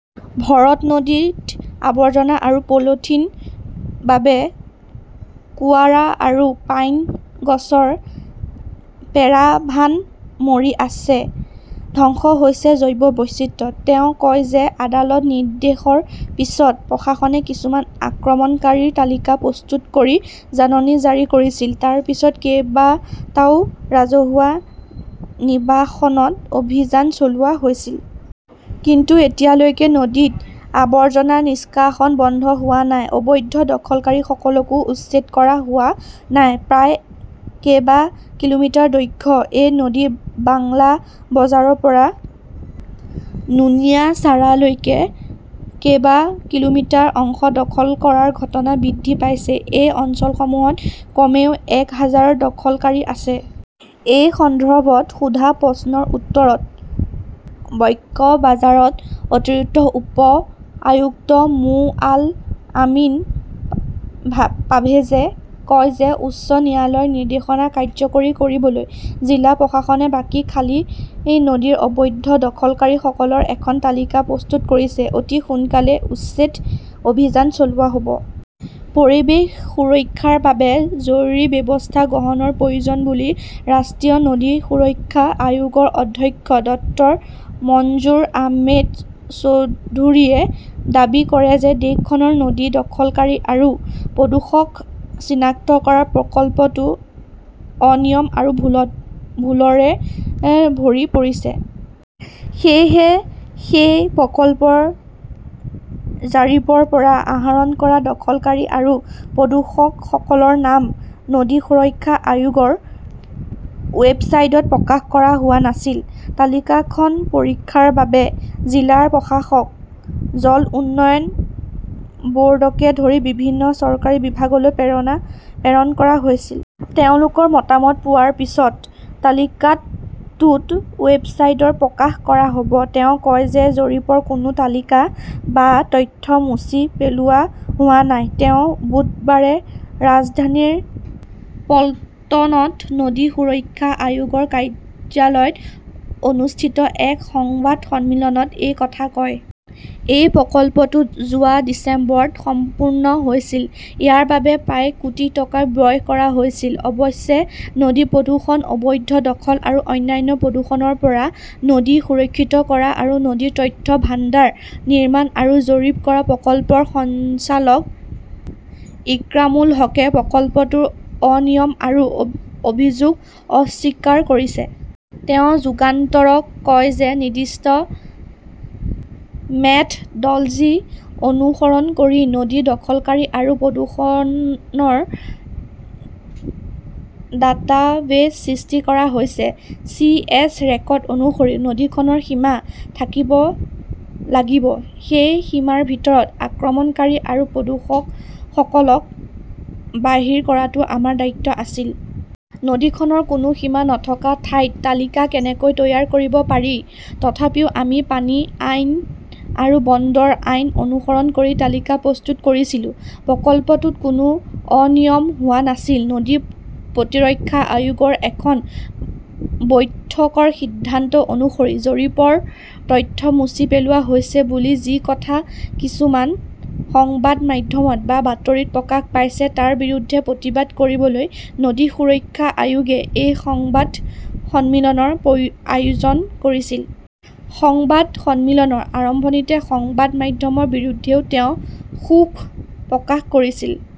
ভৰত নদীত আৱৰ্জনা আৰু পলিথিনৰ বাবে কোৱাৰা আৰু পাইন গছৰ পেৰাভান মৰি আছে। ধ্বংস হৈছে জৈৱ বৈচিত্ৰ্য। তেওঁ কয় যে আদালতৰ নিৰ্দেশৰ পিছত প্ৰশাসনে কিছুমান আক্ৰমণকাৰীৰ তালিকা প্ৰস্তুত কৰি জাননী জাৰি কৰিছিল। তাৰ পিছত কেইবাটাও ৰাজহুৱা নিৰ্বাসন অভিযান চলোৱা হৈছিল। কিন্তু এতিয়ালৈকে নদীত আৱৰ্জনা নিষ্কাশন বন্ধ হোৱা নাই। অবৈধ দখলকাৰীসকলকো উচ্ছেদ কৰা হোৱা নাই। প্ৰায় কেইবা কিলোমিটাৰ দৈৰ্ঘ্যৰ এই নদীৰ বাংলা বজাৰৰ পৰা নুনিয়াছাৰালৈকে কেইবা কিলোমিটাৰ অংশ দখল কৰাৰ ঘটনা বৃদ্ধি পাইছে। এই অঞ্চলসমূহত কমেও এক হাজাৰ দখলকাৰী আছে। এই সন্দৰ্ভত সোধা প্ৰশ্নৰ উত্তৰত কক্সবাজাৰৰ অতিৰিক্ত উপ-আয়ুক্ত মো. আল আমিন পাৰ্ভেজে কয় যে উচ্চ ন্যায়ালয়ৰ নিৰ্দেশনা কাৰ্যকৰী কৰিবলৈ জিলা প্ৰশাসনে বাঁকখালী নদীৰ অবৈধ দখলকাৰীসকলৰ এখন তালিকা প্ৰস্তুত কৰিছে। অতি সোনকালেই উচ্ছেদ অভিযান চলোৱা হ'ব। পৰিৱেশ সুৰক্ষাৰ বাবে জৰুৰী ব্যৱস্থা গ্ৰহণৰ প্ৰয়োজন বুলি ৰাষ্ট্ৰীয় নদী সুৰক্ষা আয়োগৰ অধ্যক্ষ ডক্টৰ মনজুৰ আহমেদ চৌধুৰীয়ে দাবী কৰে যে দেশখনৰ নদী দখলকাৰী আৰু প্ৰদূষক চিনাক্ত কৰাৰ প্ৰকল্পটো অনিয়ম আৰু ভুলত ভুলৰে ভৰি পৰিছে। সেয়েহে, সেই প্ৰকল্পৰ জৰীপৰ পৰা আহৰণ কৰা দখলকাৰী আৰু প্ৰদূষকসকলৰ নাম নদী সুৰক্ষা আয়োগৰ ৱেবছাইটত প্ৰকাশ কৰা হোৱা নাছিল। তালিকাখন পৰীক্ষাৰ বাবে জিলা প্ৰশাসক, জল উন্নয়ন ব'ৰ্ডকে ধৰি বিভিন্ন চৰকাৰী বিভাগলৈ প্ৰেৰণা প্ৰেৰণ কৰা হৈছে। তেওঁলোকৰ মতামত পোৱাৰ পিছত তালিকাটো ৱেবছাইটত প্ৰকাশ কৰা হ'ব। তেওঁ কয় যে জৰীপৰ কোনো তালিকা বা তথ্য মচি পেলোৱা হোৱা নাই। তেওঁ বুধবাৰে ৰাজধানীৰ পল্টনত নদী সুৰক্ষা আয়োগৰ কাৰ্যালয়ত অনুষ্ঠিত এক সংবাদ সন্মিলনত এই কথা কয়। এই প্ৰকল্পটো যোৱা ডিচেম্বৰত সম্পূৰ্ণ হৈছিল। ইয়াৰ বাবে প্ৰায় কোটি টকা ব্যয় কৰা হৈছিল। অৱশ্যে, নদী প্ৰদূষণ, অবৈধ দখল আৰু অন্যান্য প্ৰদূষণৰ পৰা নদী সুৰক্ষিত কৰা আৰু নদীৰ তথ্য ভাণ্ডাৰ নিৰ্মাণ আৰু জৰীপ কৰা প্ৰকল্পৰ সঞ্চালক ইক্ৰামুল হাকে প্ৰকল্পটোৰ অনিয়ম আৰু অ অভিযোগ অস্বীকাৰ কৰিছে। তেওঁ যুগান্তৰক কয় যে নিৰ্দিষ্ট মেথডলজী অনুসৰণ কৰি নদী দখলকাৰী আৰু প্ৰদূষকৰ ডাটাবেছ সৃষ্টি কৰা হৈছে। চি. এছ. ৰেকৰ্ড অনুসৰি নদীখনৰ সীমা থাকিব লাগিব। সেই সীমাৰ ভিতৰত আক্ৰমণকাৰী আৰু প্ৰদূষকসকলক বাহিৰ কৰাটো আমাৰ দায়িত্ব আছিল। নদীখনৰ কোনো সীমা নথকা ঠাইত তালিকা কেনেকৈ তৈয়াৰ কৰিব পাৰি? তথাপিও আমি পানী আইন আৰু বন্দৰ আইন অনুসৰণ কৰি তালিকা প্ৰস্তুত কৰিছিলো। প্ৰকল্পটোত কোনো অনিয়ম হোৱা নাছিল। নদী প্ৰতিৰক্ষা আয়োগৰ এখন বৈঠকৰ সিদ্ধান্ত অনুসৰি, জৰীপৰ তথ্য মচি পেলোৱা হৈছে বুলি যি কথা কিছুমান সংবাদ মাধ্যমত বা বাতৰিত প্ৰকাশ পাইছে, তাৰ বিৰুদ্ধে প্ৰতিবাদ কৰিবলৈ নদী সুৰক্ষা আয়োগে এই সংবাদ সন্মিলনৰ প্ৰ আয়োজন কৰিছিল। সংবাদ সন্মিলনৰ আৰম্ভণিতে সংবাদ মাধ্যমৰ বিৰুদ্ধেও তেওঁ ক্ষোভ প্ৰকাশ কৰিছিল।